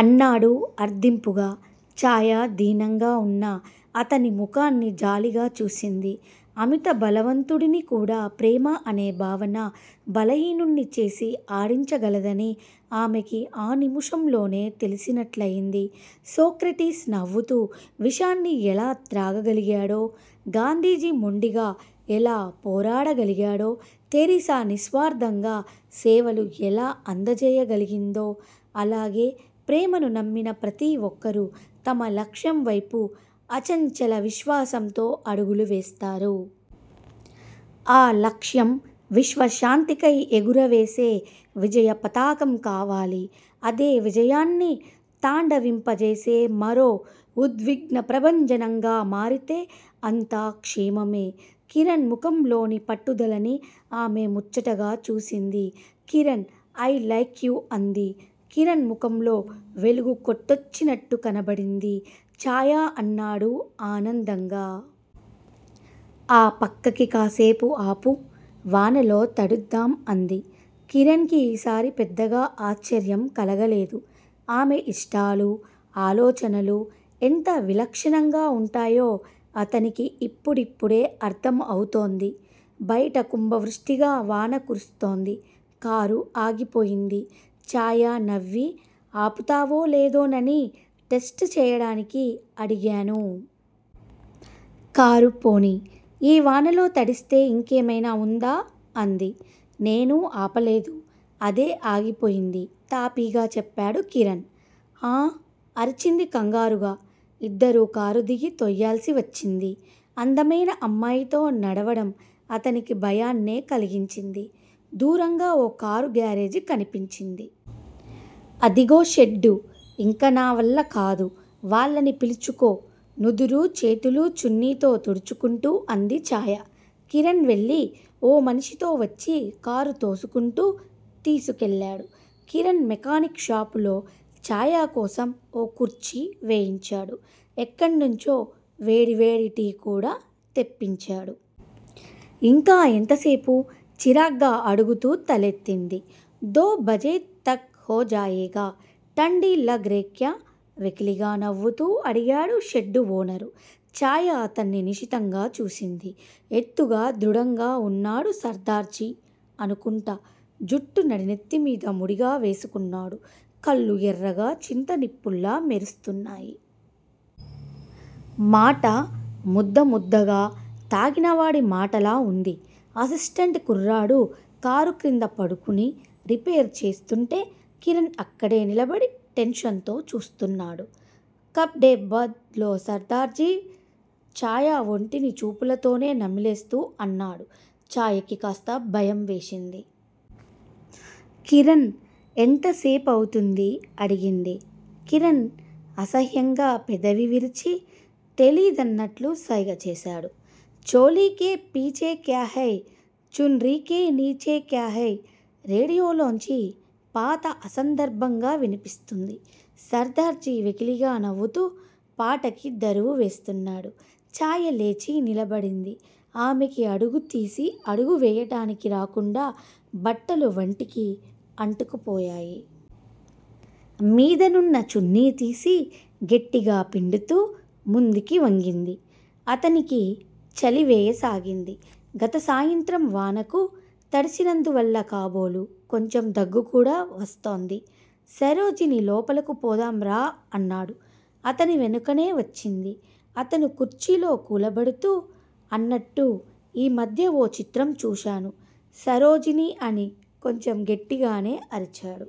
అన్నాడు అర్దింపుగా. చాయ దీనంగా వున్న అతని ముఖాన్ని జాలిగా చూసింది. అమిత బలవంతుడిని కూడా ప్రేమ అనే భావన బలహీనుడ్ని చేసి ఆడించగలదని ఆమెకి ఆ నిముషంలోనే తెలిసినట్లయింది. సోక్రటీస్ నవ్వుతూ విషాన్ని ఎలా త్రాగగలిగాడో? గాంధీజీ మొండిగా ఎలా పోరాడగలిగాడో? థెరిసా నిస్వార్ధంగా సేవలు ఎలా అందజేయగలిగిందో అలాగే ప్రేమను నమ్మిన ప్రతి ఒక్కరూ తమ లక్ష్యం వైపు అచంచల విశ్వాసంతో అడుగులు వేస్తారు. ఆ లక్ష్యం విశ్వశాంతికై ఎగురవేసే విజయపతాకం కావాలి. అదే విజయాన్ని తాండవింపజేసే మరో ఉద్విగ్నప్రభంజనంగా మారితే అంతా క్షేమమే. కిరణ్ ముఖంలోని పట్టుదలని ఆమె ముచ్చటగా చూసింది. కిరణ్ ఐ లైక్ యూ అంది. కిరణ్ ముఖంలో వెలుగు కొట్టొచ్చినట్టు కనబడింది. చాయా అన్నాడు ఆనందంగా. ఆ పక్కకి కాసేపు ఆపు, వానలో తడుద్దాం అంది. కిరణ్ కి ఈసారి పెద్దగా ఆశ్చర్యం కలగలేదు. ఆమె ఇష్టాలూ, ఆలోచనలూ ఎంత విలక్షణంగా వుంటాయో అతనికి ఇప్పుడిప్పుడే అర్ధం అవుతోంది. బయట కుంభవృష్టిగా వాన కురుస్తోంది. కారు ఆగిపోయింది. చాయ నవ్వి- ఆపుతావో లేదోనని టెస్టు చేయడానికి అడిగాను. కారు పోనీ! ఈ వానలో తడిస్తే ఇంకేమైనా వుందా? అంది. నేను ఆపలేదు. అదే ఆగిపోయింది తాపీగా చెప్పాడు కిరణ్. ఆ! అరిచింది కంగారుగా. ఇద్దరూ కారు దిగి తొయ్యాల్సి వచ్చింది. అందమైన అమ్మాయితో నడవడం అతనికి భయాన్నే కలిగించింది. దూరంగా ఓ కారు గ్యారేజీ కనిపించింది. అదిగో షెడ్డు ఇంక నావల్లకాదు! వాళ్ళని పిలుచుకో నుదురు, చేతులు చున్నీతో తుడుచుకుంటూ అంది చాయ. కిరణ్ వెళ్ళి ఓ మనిషితో వచ్చి కారు తోసుకుంటూ తీసుకెళ్ళాడు. కిరణ్ మెకానిక్ షాపులో చాయ కోసం ఓ కుర్చీ వేయించాడు. ఎక్కడ్నుంచో వేడివేడి టీ కూడా తెప్పించాడు. ఇంకా ఎంతసేపు? చిరాగ్గా అడుగుతూ తలెత్తింది. దో బజే తక్ హో జాయేగా! ఠండీ లగ్ రేక్యా వెకిలిగా నవ్వుతూ అడిగాడు షెడ్డు ఓనరు. చాయ అతన్ని నిశితంగా చూసింది. ఎత్తుగా, దృఢంగా వున్నాడు సర్దార్జీ అనుకుంటా! జుట్టు నడినెత్తిమీద ముడిగా వేసుకున్నాడు. కళ్ళు ఎర్రగా చింతనిప్పుల్లా మెరుస్తున్నాయి. మాట ముద్ద ముద్దగా తాగినవాడి మాటలా వుంది. అసిస్టెంట్ కుర్రాడు కారు క్రింద పడుకుని రిపేర్ చేస్తుంటే కిరణ్ అక్కడే నిలబడి టెన్షన్ తో చూస్తున్నాడు. కప్ డే బద్ లో సర్దార్జీ చాయ ఒంటిని చూపులతోనే నమిలేస్తూ అన్నాడు. చాయకి కాస్త భయం వేసింది. కిరణ్! ఎంత సేపవుతుంది? అడిగింది. కిరణ్ అసహ్యంగా పెదవి విరిచి తెలీదన్నట్లు సైగ చేశాడు. చోలీకే పీచే క్యాహై చున్ రీకే నీఛే క్యాహై రేడియోలోంచి పాత అసందర్భంగా వినిపిస్తోంది. సర్దార్జీ వెకిలిగా నవ్వుతూ పాటకి దరువు వేస్తున్నాడు. చాయ లేచి నిలబడింది. ఆమెకి అడుగు తీసి అడుగు వేయడానికి రాకుండా బట్టలు వంటికి అంటుకుపోయాయి. మీదనున్న చున్నీ తీసి గట్టిగా పిండుతూ ముందుకి వంగింది. అతనికి చలి వేయసాగింది. గత సాయంత్రం వానకు తడిసినందువల్ల కాబోలు కొంచెం దగ్గుకూడా వస్తోంది. సరోజినీ లోపలకు పోదాం రా అన్నాడు. అతని వెనుకనే వచ్చింది. అతను కుర్చీలో కూలబడుతూ అన్నట్టు యీ మధ్య ఓ చిత్రం చూశాను సరోజినీ అని కొంచెం గట్టిగానే అరిచాడు.